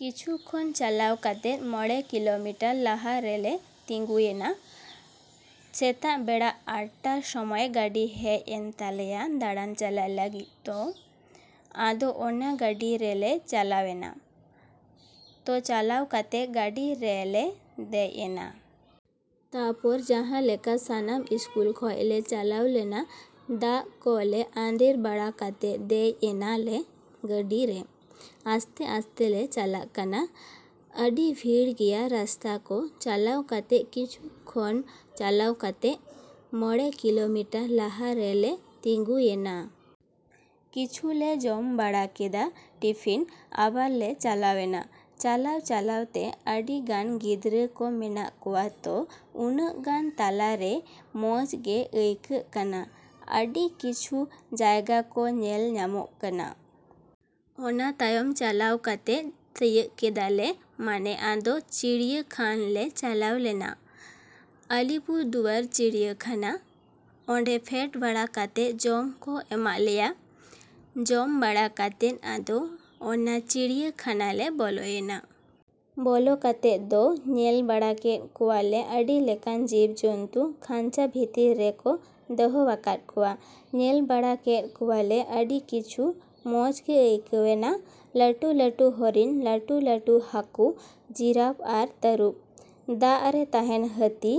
‎ᱠᱤᱪᱷᱩ ᱠᱷᱚᱱ ᱪᱟᱞᱟᱣ ᱠᱟᱛᱮᱫ ᱢᱚᱲᱮ ᱠᱤᱞᱚᱢᱤᱴᱟᱨ ᱞᱟᱦᱟᱨᱮ ᱞᱮ ᱛᱤᱸᱜᱩᱭᱮᱱᱟ᱾ ᱥᱮᱛᱟᱜ ᱵᱮᱲᱟ ᱟᱴ ᱴᱟ ᱥᱚᱢᱚᱭ ᱜᱟᱹᱰᱤ ᱦᱮᱡ ᱮᱱ ᱛᱟᱞᱮᱭᱟ ᱫᱟᱲᱟᱱ ᱪᱟᱞᱟᱜ ᱞᱟᱹᱜᱤᱫ ᱛᱚ᱾ ᱟᱫᱚ ᱚᱱᱟ ᱜᱟᱹᱰᱤ ᱨᱮ ᱞᱮ ᱪᱟᱞᱟᱣᱮᱱᱟ᱾ ᱛᱚ ᱪᱟᱞᱟᱣ ᱠᱟᱛᱮᱫ ᱜᱟᱹᱰᱤ ᱨᱮ ᱞᱮ ᱫᱮᱡ ᱮᱱᱟ᱾ ᱛᱟᱯᱚᱨ ᱡᱟᱸᱦᱟ ᱞᱮᱠᱟ ᱥᱟᱱᱟᱢ ᱤᱥᱠᱩᱞ ᱠᱷᱚᱡ ᱞᱮ ᱪᱟᱞᱟᱣ ᱞᱮᱱᱟ ᱫᱟᱜ ᱠᱚ ᱞᱮ ᱟᱫᱮᱨ ᱵᱟᱲᱟ ᱠᱟᱛᱮᱫ ᱫᱮᱡ ᱮᱱᱟ ᱞᱮ ᱜᱟᱹᱰᱤ ᱨᱮ᱾ ᱟᱥᱛᱮᱼᱟᱥᱛᱮ ᱞᱮ ᱪᱟᱞᱟᱜ ᱠᱟᱱᱟ᱾ ᱟᱹᱰᱤ ᱵᱷᱤᱲ ᱜᱮᱭᱟ ᱨᱟᱥᱛᱟ ᱠᱚ ᱪᱟᱞᱟᱣ ᱠᱟᱛᱮᱫ ᱠᱤᱪᱷᱩ ᱠᱷᱚᱱ ᱪᱟᱞᱟᱣ ᱠᱟᱛᱮᱫ ᱢᱚᱲᱮ ᱠᱤᱞᱚᱢᱤᱴᱟᱨ ᱞᱟᱦᱟᱨᱮ ᱞᱮ ᱛᱤᱸᱜᱩᱭᱮᱱᱟ᱾ ᱠᱤᱪᱷᱩ ᱞᱮ ᱡᱚᱢ ᱵᱟᱲᱟ ᱠᱮᱫᱟ ᱴᱤᱯᱷᱤᱱ᱾ ᱟᱵᱟᱨ ᱞᱮ ᱪᱟᱞᱟᱣᱮᱱᱟ᱾ ᱪᱟᱞᱟᱣᱼᱪᱟᱞᱟᱣ ᱛᱮ ᱟᱹᱰᱤ ᱜᱟᱱ ᱜᱤᱫᱽᱨᱟᱹ ᱠᱚ ᱢᱮᱱᱟᱜ ᱠᱚᱣᱟ ᱛᱚ ᱩᱱᱟᱹᱜ ᱜᱟᱱ ᱛᱟᱞᱟ ᱨᱮ ᱢᱚᱪ ᱜᱮ ᱟᱹᱭᱠᱟᱹᱜ ᱠᱟᱱᱟ᱾ ᱟᱹᱰᱤ ᱠᱤᱪᱷᱩ ᱡᱟᱭᱜᱟ ᱠᱚ ᱧᱮᱞ ᱧᱟᱢᱚᱜ ᱠᱟᱱᱟ᱾ ᱚᱱᱟ ᱛᱟᱭᱚᱢ ᱪᱟᱞᱟᱣ ᱠᱟᱛᱮᱫ ᱛᱤᱭᱟᱹᱜ ᱠᱮᱫᱟ ᱞᱮ ᱢᱟᱱᱮ ᱟᱫᱚ ᱪᱤᱲᱭᱟᱹ ᱠᱷᱟᱱ ᱞᱮ ᱪᱟᱞᱟᱣ ᱞᱮᱱᱟ᱾ ᱟᱞᱤᱯᱩᱨ ᱫᱩᱣᱟᱨ ᱪᱤᱲᱭᱟᱹ ᱠᱷᱟᱱᱟ᱾ ᱚᱸᱰᱮ ᱯᱷᱮᱰ ᱵᱟᱲᱟ ᱠᱟᱛᱮᱫ ᱡᱚᱢ ᱠᱚ ᱮᱢᱟᱜ ᱞᱮᱭᱟ᱾ ᱡᱚᱢ ᱵᱟᱲᱟ ᱠᱟᱛᱮᱫ ᱟᱫᱚ ᱚᱱᱟ ᱪᱤᱲᱭᱟᱹ ᱠᱷᱟᱱᱟ ᱞᱮ ᱵᱚᱞᱚᱭᱮᱱᱟ᱾ ᱵᱚᱞᱚ ᱠᱟᱛᱮᱫ ᱫᱚ ᱧᱮᱞ ᱵᱟᱲᱟ ᱠᱮᱫ ᱠᱚᱣᱟ ᱞᱮ ᱟᱹᱰᱤ ᱞᱮᱠᱟᱱ ᱡᱤᱵ ᱡᱚᱱᱛᱩ ᱠᱷᱟᱧᱪᱟ ᱵᱷᱤᱛᱤᱨ ᱨᱮ ᱠᱚ ᱫᱚᱦᱚ ᱟᱠᱟᱫ ᱠᱚᱣᱟ᱾ ᱧᱮᱞ ᱵᱟᱲᱟ ᱠᱮᱫ ᱠᱚᱣᱟ ᱞᱮ ᱟᱹᱰᱤ ᱠᱤᱪᱷᱩ ᱢᱚᱪ ᱜᱮ ᱟᱹᱭᱠᱟᱹᱣᱮᱱᱟ᱾ ᱞᱟᱹᱴᱩᱼᱞᱟᱹᱴᱩ ᱦᱚᱨᱤᱱ, ᱞᱟᱹᱴᱩᱼᱞᱟᱹᱴᱩ ᱦᱟᱠᱩ, ᱡᱤᱨᱟᱯ ᱟᱨ ᱛᱟᱹᱨᱩᱵ, ᱫᱟᱜ ᱨᱮ ᱛᱟᱦᱮᱸᱱ ᱦᱟᱹᱛᱤ,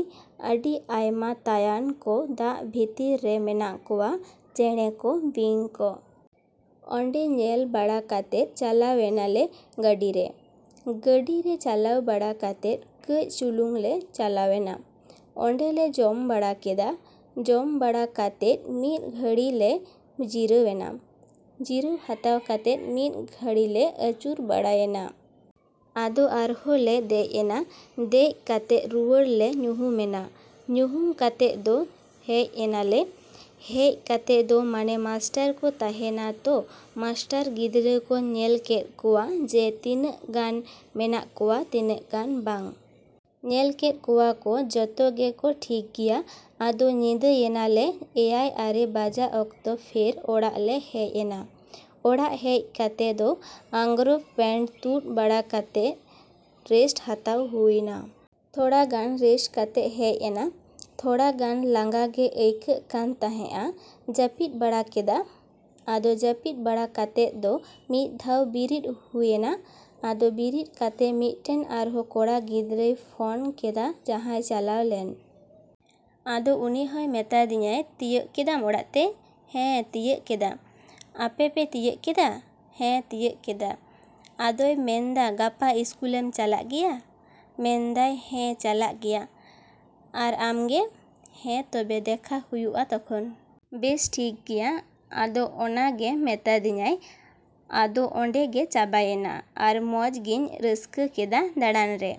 ᱟᱹᱰᱤ ᱟᱭᱢᱟ ᱛᱟᱭᱟᱱ ᱠᱚ ᱫᱟᱜ ᱵᱷᱤᱛᱤᱨ ᱨᱮ ᱢᱮᱱᱟᱜ ᱠᱚᱣᱟ, ᱪᱮᱬᱮᱸ ᱠᱚ, ᱵᱤᱧ ᱠᱚ᱾ ᱚᱸᱰᱮ ᱧᱮᱞ ᱵᱟᱲᱟ ᱠᱟᱛᱮᱫ ᱪᱟᱞᱟᱣᱮᱱᱟ ᱞᱮ ᱜᱟᱹᱰᱤ ᱨᱮ᱾ ᱜᱟᱹᱰᱤ ᱨᱮ ᱪᱟᱞᱟᱣ ᱵᱟᱲᱟ ᱠᱟᱛᱮᱫ ᱠᱟᱹᱪ ᱪᱩᱞᱩᱝ ᱞᱮ ᱪᱟᱞᱟᱣᱮᱱᱟ᱾ ᱚᱸᱰᱮ ᱞᱮ ᱡᱚᱢ ᱵᱟᱲᱟ ᱠᱮᱫᱟ᱾ ᱡᱚᱢ ᱵᱟᱲᱟ ᱠᱟᱛᱮᱫ ᱢᱤᱫ ᱜᱷᱟᱹᱲᱤ ᱞᱮ ᱡᱤᱨᱟᱹᱣᱮᱱᱟ᱾ ᱡᱤᱨᱟᱹᱣ ᱦᱟᱛᱟᱣ ᱠᱟᱛᱮᱫ ᱢᱤᱫ ᱜᱷᱟᱹᱲᱤ ᱞᱮ ᱟᱹᱪᱩᱨ ᱵᱟᱲᱟᱭᱮᱱᱟ᱾ ᱟᱫᱚ ᱟᱨᱦᱚᱸ ᱞᱮ ᱫᱮᱡ ᱮᱱᱟ᱾ ᱫᱮᱡ ᱠᱟᱛᱮᱫ ᱨᱩᱣᱟᱹᱲ ᱞᱮ ᱧᱩᱦᱩᱢᱮᱱᱟ᱾ ᱧᱩᱦᱩᱢ ᱠᱟᱛᱮᱫ ᱫᱚ ᱦᱮᱡ ᱮᱱᱟ ᱞᱮ᱾ ᱦᱮᱡ ᱠᱟᱛᱮᱫ ᱫᱚ ᱢᱟᱱᱮ ᱢᱟᱥᱴᱟᱨ ᱠᱚ ᱛᱟᱦᱮᱸᱱᱟ ᱛᱚ ᱢᱟᱥᱴᱟᱨ ᱜᱤᱫᱽᱨᱟᱹ ᱠᱚ ᱧᱮᱞ ᱠᱮᱫ ᱠᱚᱣᱟ ᱡᱮ ᱛᱤᱱᱟᱹᱜ ᱜᱟᱱ ᱢᱮᱱᱟᱜ ᱠᱚᱣᱟ ᱛᱤᱱᱟᱹᱜ ᱜᱟᱱ ᱵᱟᱝ᱾ ᱧᱮᱞ ᱠᱮᱫ ᱠᱚᱣᱟ ᱠᱚ ᱡᱚᱛᱚ ᱜᱮ ᱠᱚ ᱴᱷᱤᱠ ᱜᱮᱭᱟ᱾ ᱟᱫᱚ ᱧᱤᱫᱟᱹᱭᱮᱱᱟ ᱞᱮ ᱮᱭᱟᱭ ᱟᱨᱮ ᱵᱟᱡᱟᱜ ᱚᱠᱛᱚ ᱯᱷᱮᱨ ᱚᱲᱟᱜ ᱞᱮ ᱦᱮᱡ ᱮᱱᱟ᱾ ᱚᱲᱟᱜ ᱦᱮᱡ ᱠᱟᱛᱮᱫ ᱫᱚ ᱟᱸᱝᱨᱚᱯ ᱯᱮᱱᱴ ᱛᱩᱫ ᱵᱟᱲᱟ ᱠᱟᱛᱮᱫ ᱨᱮᱥ ᱦᱟᱛᱟᱣ ᱦᱩᱭᱱᱟ᱾ ᱛᱷᱚᱲᱟ ᱜᱟᱱ ᱨᱮᱥ ᱠᱟᱛᱮᱫ ᱦᱮᱡ ᱮᱱᱟ᱾ ᱛᱷᱚᱲᱟ ᱜᱟᱱ ᱞᱟᱸᱜᱟ ᱜᱮ ᱟᱹᱭᱠᱟᱹᱜ ᱠᱟᱱ ᱛᱟᱦᱮᱸᱜᱼᱟ᱾ ᱡᱟᱹᱯᱤᱫ ᱵᱟᱲᱟ ᱠᱮᱫᱟ᱾ ᱟᱫᱚ ᱡᱟᱹᱯᱤᱫ ᱵᱟᱲᱟ ᱠᱟᱛᱮᱫ ᱫᱚ ᱢᱤᱫ ᱫᱷᱟᱣ ᱵᱤᱨᱤᱫ ᱦᱩᱭᱮᱱᱟ᱾ ᱟᱫᱚ ᱵᱤᱨᱤᱫ ᱠᱟᱛᱮᱫ ᱢᱤᱫᱴᱮᱡ ᱟᱨᱦᱚᱸ ᱠᱚᱲᱟ ᱜᱤᱫᱽᱨᱟᱹᱭ ᱯᱷᱚᱱ ᱠᱮᱫᱟ ᱡᱟᱦᱟᱸᱭ ᱪᱟᱞᱟᱣ ᱞᱮᱱ᱾ ᱟᱫᱚ ᱩᱱᱤ ᱦᱚᱭ ᱢᱮᱛᱟᱫᱤᱧᱟᱭ ᱛᱤᱭᱟᱹᱜ ᱠᱮᱫᱟᱢ ᱚᱲᱟᱜ ᱛᱮ? ᱦᱮᱸ ᱛᱤᱭᱟᱹᱜ ᱠᱮᱫᱟ᱾ ᱟᱯᱮ ᱯᱮ ᱛᱤᱭᱟᱹᱜ ᱠᱮᱫᱟ? ᱦᱮᱸ ᱛᱤᱭᱟᱹᱜ ᱠᱮᱫᱟ᱾ ᱟᱫᱚᱭ ᱢᱮᱱᱫᱟ ᱜᱟᱯᱟ ᱤᱥᱠᱩᱞᱮᱢ ᱪᱟᱞᱟᱜ ᱜᱮᱭᱟ? ᱢᱮᱱᱫᱟᱭ ᱦᱮᱸ ᱪᱟᱞᱟᱜ ᱜᱮᱭᱟ᱾ ᱟᱨ ᱟᱢ ᱜᱮ? ᱦᱮᱸ ᱛᱚᱵᱮ ᱫᱮᱠᱷᱟ ᱦᱩᱭᱩᱜᱼᱟ ᱛᱚᱠᱷᱚᱱ᱾ ᱵᱮᱥ ᱴᱷᱤᱠ ᱜᱮᱭᱟ᱾ ᱟᱫᱚ ᱚᱱᱟ ᱜᱮ ᱢᱤᱛᱟᱫᱤᱧᱟᱭ᱾ ᱟᱫᱚ ᱚᱸᱰᱮ ᱜᱮ ᱪᱟᱵᱟᱭᱮᱱᱟ᱾ ᱟᱨ ᱢᱚᱪ ᱜᱤᱧ ᱨᱟᱹᱥᱠᱟᱹ ᱠᱮᱫᱟ ᱫᱟᱬᱟᱱ ᱨᱮ᱾।